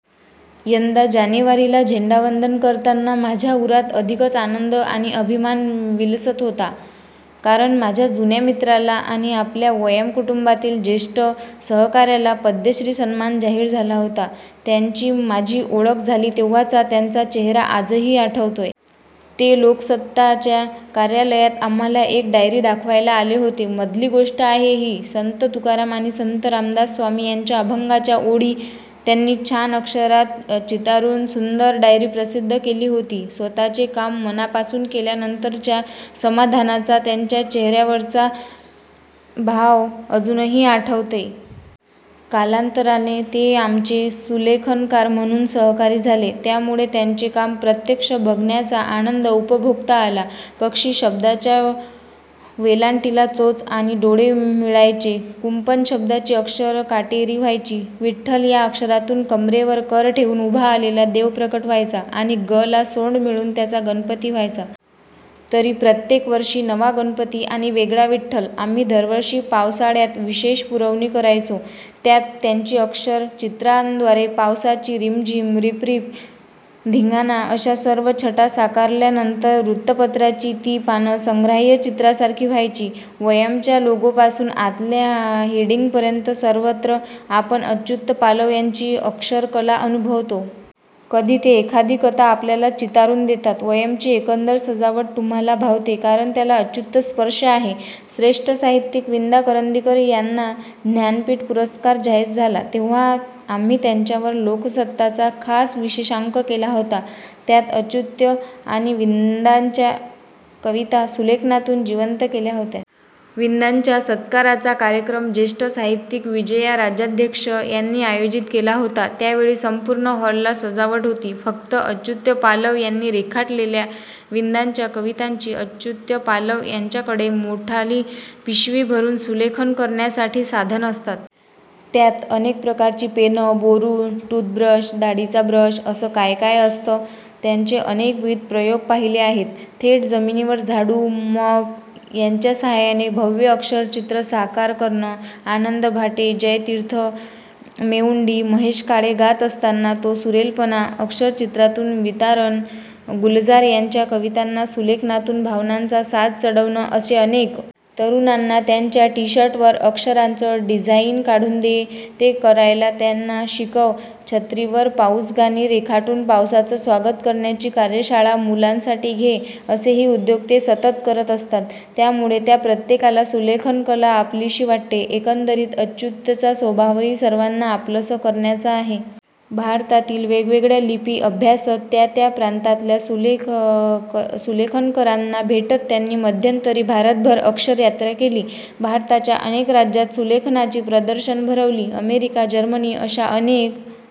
यंदा जानेवारीला झेंडावंदन करताना माझ्या उरात अधिकच आनंद आणि अभिमान विलसत होता. कारण माझ्या जुन्या मित्राला आणि आपल्या 'वयम्' कुटुंबातील ज्येष्ठ सहकाऱ्याला पद्मश्री सन्मान जाहीर झाला होता. त्यांची माझी ओळख झाली तेव्हाचा त्यांचा चेहरा आजही आठवतोय. ते 'लोकसत्ता'च्या कार्यालयात आम्हांला एक डायरी दाखवायला आले होते. मधली गोष्ट आहे ही. संत तुकाराम आणि संत रामदास स्वामी यांच्या अभंगांच्या ओळी त्यांनी छान अक्षरात चितारून सुंदर डायरी प्रसिद्ध केली होती. स्वत:चे काम मनापासून केल्यानंतरच्या समाधानाचा त्यांच्या चेहऱ्यावरचा भाव अजून आठवतोय. कालांतराने ते आमचे सुलेखनकार म्हणून सहकारी झाले. त्यामुळे त्यांचे काम प्रत्यक्ष बघण्याचा आनंद उपभोगता आला. 'पक्षी' शब्दाच्या वेलांटीला चोच आणि डोळे मिळायचे. 'कुंपण' शब्दाची अक्षरं काटेरी व्हायची. 'विठ्ठल' या अक्षरांतून कमरेवर कर ठेवून उभा आलेला देव प्रकट व्हायचा आणि 'ग'ला सोंड मिळून त्याचा गणपती व्हायचा. तरी प्रत्येक वर्षी नवा गणपती आणि वेगळा विठ्ठल! आम्ही दरवर्षी पावसाळ्यात विशेष पुरवणी करायचो. त्यात त्यांनी अक्षर-चित्रांद्वारे पावसाची रिमझिम, रिपरिप, धिंगाणा अशा सर्व छटा साकारल्यानंतर वृत्तपत्राची ती पानं संग्राह्य चित्रांसारखी व्हायची. 'वयम्'च्या लोगोपासून आतल्या हेडिंगपर्यंत सर्वत्र आपण अच्युत पालव यांची अक्षर-कला अनुभवतो. कधी ते एखादी कविता आपल्याला चितारून देतात. 'वयम्'ची एकंदर सजावट तुम्हांला भावते, कारण त्याला अच्युत-स्पर्श आहे! श्रेष्ठ साहित्यिक विंदा करंदीकर यांना ज्ञानपीठ पुरस्कार जाहीर झाला तेव्हा आम्ही त्यांच्यावर 'लोकसत्ता'चा खास विशेषांक केला होता, त्यात अच्युत यांनी विंदांच्या कविता सुलेखनातून जिवंत केल्या होत्या. विंदांच्या सत्काराचा कार्यक्रम ज्येष्ठ साहित्यिक विजया राजाध्यक्ष यांनी आयोजित केला होता. त्यावेळी संपूर्ण हॉलला सजावट होती फक्त अच्युत पालव यांनी रेखाटलेल्या विंदांच्या कवितांची! अच्युत पालव यांच्याकडे मोठाली पिशवी भरून सुलेखन करण्यासाठी साधनं असतात. त्यात अनेक प्रकारची पेनं, बोरू, टूथब्रश, दाढीचा ब्रश असं काय काय असतं! त्यांचे अनेकविध प्रयोग पाहिले आहेत. थेट जमिनीवर झाडू, मॉप यांच्या साह्याने भव्य अक्षरचित्र साकार करणं; आनंद भाटे, जयतीर्थ मेवुंडी, महेश काळे गात असताना तो सुरेलपणा अक्षरचित्रांतून चितारणं; गुलजार यांच्या कवितांना सुलेखनांतून भावनांचा साज चढवणं असे अनेक! तरुणांना त्यांच्या टीशर्टवर अक्षरांचं डिझाइन काढून दे, ते करायला त्यांना शिकव, छत्रीवर पाऊसगाणी रेखाटून पावसाचं स्वागत करण्याची कार्यशाळा मुलांसाठी घे- असेही उद्योग ते सतत करत असतात. त्यामुळे त्या प्रत्येकाला सुलेखन-कला आपलीशी वाटते. एकंदरीत अच्युतचा स्वभावही सर्वांना आपलंसं करण्याचा आहे. भारतातील वेगवेगळ्या लिपी अभ्यासत, त्या त्या प्रांतातल्या सुलेखनकारांना भेटत त्यांनी मध्यंतरी भारतभर अक्षर-यात्रा केली. भारताच्या अनेक राज्यांत सुलेखनाची प्रदर्शनं भरवली. अमेरिका, जर्मनी अशा अनेक